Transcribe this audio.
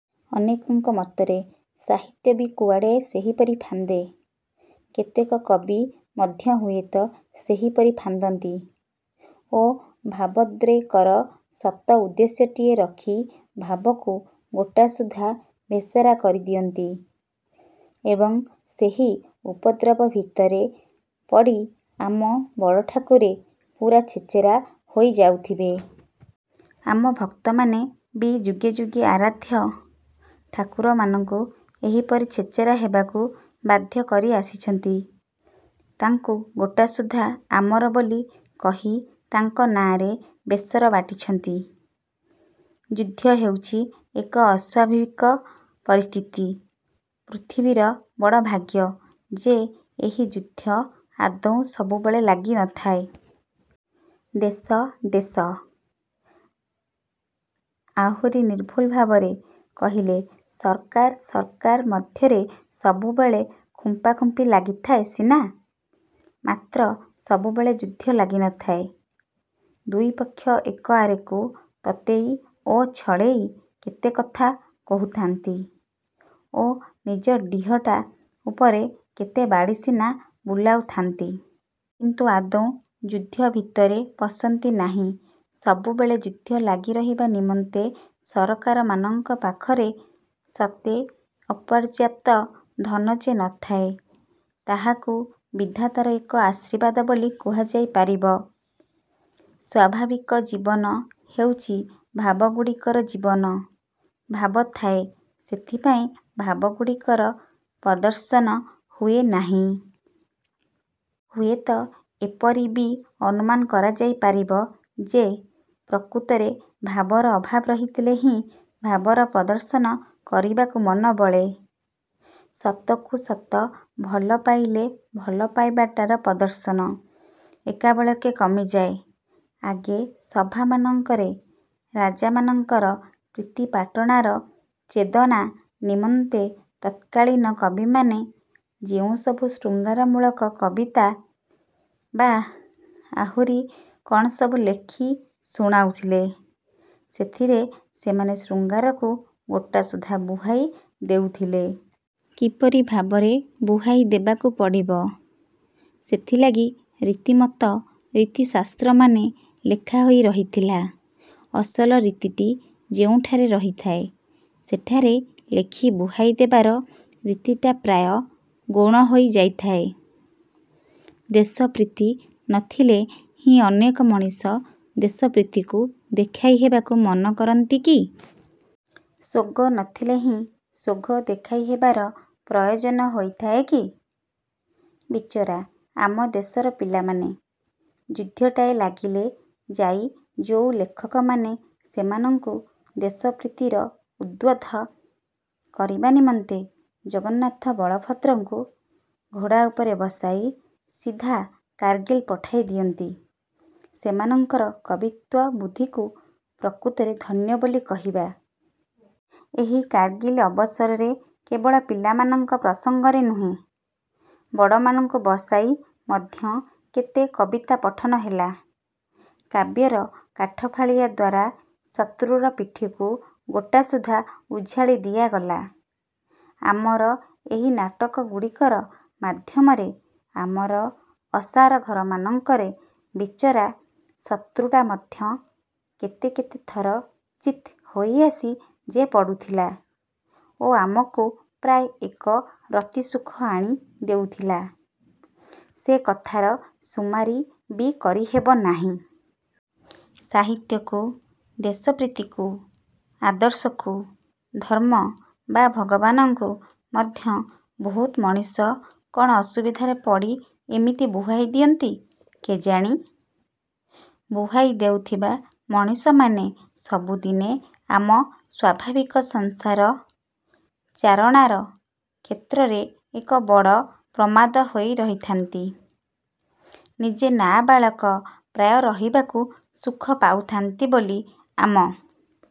ଅନେକଙ୍କ ମତରେ ସାହିତ୍ୟ ବି କୁଆଡ଼େ ସେହିପରି ଫାନ୍ଦେ। କେତେକ କବି ମଧ୍ୟ ହୁଏତ ସେହିପରି ଫାନ୍ଦନ୍ତି ଓ ଭାବୋଦ୍ରେକର ସତ ଉଦ୍ଦେଶ୍ୟଟିଏ ରଖି ଭାବକୁ ଗୋଟା ସୁଦ୍ଧା ଭେଷରା କରିଦିଅନ୍ତି। ଏବଂ, ସେହି ଉପଦ୍ରବ ଭିତରେ ପଡ଼ି ଆମ ବଡ଼ଠାକୁରେ ପୂରା ଛେଚେରା ହୋଇ ଯାଉଥବେ। ଆମ ଭକ୍ତମାନେ ବି ଯୁଗେ ଯୁଗେ ଆରାଧ୍ୟ ଠାକୁରମାନଙ୍କୁ ଏହିପରି ଛେଚେରା ହେବାକୁ ବାଧ୍ୟ କରି ଆସିଛନ୍ତି। ତାଙ୍କୁ ଗୋଟାସୁଦ୍ଧା ଆମର ବୋଲି କହି ତାଙ୍କ ନାଆଁରେ ବେସର ବାଟିଛନ୍ତି। ଯୁଦ୍ଧ ହେଉଛି ଏକ ଅସ୍ୱାଭାବିକ ପରିସ୍ଥିତି। ପୃଥିବୀର ବଡ଼ ଭାଗ୍ୟ ଯେ ଏହି ଯୁଦ୍ଧ ଆଦୌ ସବୁବେଳେ ଲାଗି ନଥାଏ। ଦେଶ ଦେଶ, ଆହୁରି ନିର୍ଭୁଲ ଭାବରେ କହିଲେ ସରକାର ସରକାର ମଧ୍ୟରେ ସବୁବେଳେ ଖୁମ୍ପାଖୁମ୍ପି ଲାଗିଥାଏ ସିନା, ମାତ୍ର ସବୁବେଳେ ଯୁଦ୍ଧ ଲାଗିନଥାଏ। ଦୁଇ ପକ୍ଷ ଏକ ଆରେକୁ ତତେଇ ଓ ଛଳେଇ କେତେକଥା କହୁଥାନ୍ତି ଓ ନିଜ ଡ଼ିହଟା ଉପରେ କେତେ ବାଡ଼ି ସିନା ବୁଲାଉଥାନ୍ତି। କିନ୍ତୁ ଆଦୌ ଯୁଦ୍ଧ ଭିତରେ ପଶନ୍ତି ନାହିଁ। ସବୁବେଳେ ଯୁଦ୍ଧ ଲାଗି ରହିବା ନିମନ୍ତେ ସରକାରମାନଙ୍କ ପାଖରେ ସେତେ ଅପର୍ଯ୍ୟାପ୍ତ ଧନ ଯେ ନଥାଏ, ତାହାକୁ ବିଧାତାର ଏକ ଆଶୀର୍ବାଦ ବୋଲି କୁହାଯାଇ ପାରିବ। ସ୍ଵାଭାବିକ ଜୀବନ ହେଉଛି ଭାବଗୁଡ଼ିକର ଜୀବନ। ଭାବ ଥାଏ। ସେଥିପାଇଁ ଭାବଗୁଡ଼ିକର ପ୍ରଦର୍ଶନ ହୁଏ ନାହିଁ। ହୁଏତ ଏପରି ବି ଅନୁମାନ କରାଯାଇ ପାରିବ ଯେ, ପ୍ରକୃତରେ ଭାବର ଅଭାବ ରହିଥିଲେ ହିଁ ଭାବର ପ୍ରଦର୍ଶନ କରିବାକୁ ମନବଳେ। ସତକୁ ସତ ଭଲ ପାଇଲେ ଭଲ ପାଇବାଟାର ପ୍ରଦର୍ଶନ ଏକାବେଳେକେ କମିଯାଏ। ଆଗେ ସଭାମାନଙ୍କରେ ରାଜାମାନଙ୍କର ପ୍ରୀତିପାଟଣାର ଚୋଦନା ନିମନ୍ତେ ତତ୍କାଳୀନ କବିମାନେ ଯେଉଁସବୁ ଶୃଙ୍ଗାରମୂଳକ କବିତା ବା ଆହୁରି କ'ଣ ସବୁ ଲେଖି ଶୁଣାଉଥିଲେ, ସେଥିରେ ସେମାନେ ଶୃଙ୍ଗାରକୁ ଗୋଟାସୁଦ୍ଧା ବୁହାଇ ଦେଉଥିଲେ। କିପରି ଭାବରେ ବୁହାଇ ଦେବାକୁ ପଡ଼ିବ, ସେଥିଲାଗି ରୀତିମତ ରୀତିଶାସ୍ତ୍ରମାନ ଲେଖାହୋଇ ରହିଥିଲା। ଅସଲ ରୀତିଟି ଯେଉଁଠାରେ ରହିଥାଏ, ସେଠାରେ ଲେଖି ବୁହାଇ ଦେବାର ରୀତିଟା ପ୍ରାୟ ଗୌଣ ହୋଇ ଯାଇଥାଏ। ଦେଶପ୍ରୀତି ନଥିଲେ ହିଁ ଅନେକ ମଣିଷ ଦେଶପ୍ରୀତିକୁ ଦେଖାଇ ହେବାକୁ ମନ କରନ୍ତି କି? ସୋଗ ନଥିଲେ ହିଁ ସୋଗ ଦେଖାଇ ହେବାର ପ୍ରୟୋଜନ ହୋଇଥାଏ କି? ବିଚାରା ଆମ ଦେଶର ପିଲାମାନେ! ଯୁଦ୍ଧଟାଏ ଲାଗିଲେ ଯାଇ ଯୋଉ ଲେଖକମାନେ ସେମାନଙ୍କୁ ଦେଶପ୍ରୀତିରେ ଉଦ୍ବୁଦ୍ଧ କରିବା ନିମନ୍ତେ ଜଗନ୍ନାଥ ବଳଭଦ୍ରଙ୍କୁ ଘୋଡ଼ା ଉପରେ ବସାଇ ସିଧା କାରଗିଲ୍ ପଠାଇ ଦିଅନ୍ତି, ସେମାନଙ୍କର କବିତ୍ୱବୁଦ୍ଧିକୁ ପ୍ରକୃତରେ ଧନ୍ୟ ବୋଲି କହିବା। ଏହି କାରଗିଲ ଅବସରରେ କେବଳ ପିଲାମାନଙ୍କ ପ୍ରସଙ୍ଗରେ ନୁହେଁ,। ବଡ଼ମାନଙ୍କୁ ବସାଇ ମଧ୍ୟ କେତେ କବିତା ପଠନ ହେଲା। କାବ୍ୟର କାଠଫାଳିଆ ଦ୍ଵାରା ଶତ୍ରୁର ପିଠିକୁ ଗୋଟାସୁଦ୍ଧା ଉଝାଳି ଦିଆଗଲା। ଆମର ଏହି ନାଟକଗୁଡ଼ିକର ମାଧ୍ୟମରେ ଆମର ଆସରଘରମାନଙ୍କରେ ବିଚରା ଶତ୍ରୁଟା ମଧ୍ୟ କେତେ କେତେ ଥର ଚିତ୍ ହୋଇଆସି ଯେ ପଡ଼ୁଥିଲା ଓ ଆମକୁ ପ୍ରାୟ ଏକ ରତିସୁଖ ଆଣି ଦେଉଥିଲା, ସେ କଥାର ସୁମାରି ବି କରିହେବ ନାହିଁ। ସାହିତ୍ୟକୁ, ଦେଶପ୍ରୀତିକୁ, ଆଦର୍ଶକୁ, ଧର୍ମ ବା ଭଗବାନଙ୍କୁ ମଧ୍ୟ ବହୁତ ମଣିଷ କ'ଣ ଅସୁବିଧାରେ ପଡ଼ି ଏମିତି ବୁହାଇ ଦିଅନ୍ତି କେଜାଣି-? ବୁହାଇ ଦେଉଥିବା ମଣିଷମାନେ ସବୁଦିନେ ଆମ ସ୍ୱାଭାବିକ ସଂସାର-ଚାରଣାର କ୍ଷେତ୍ରରେ ଏକ ବଡ଼ ପ୍ରମାଦ ହୋଇ ରହିଥାନ୍ତି। ନିଜେ ନାବାଳକ ପ୍ରାୟ ରହିବାକୁ ସୁଖ ପାଉଥାନ୍ତି ବୋଲି ଆମ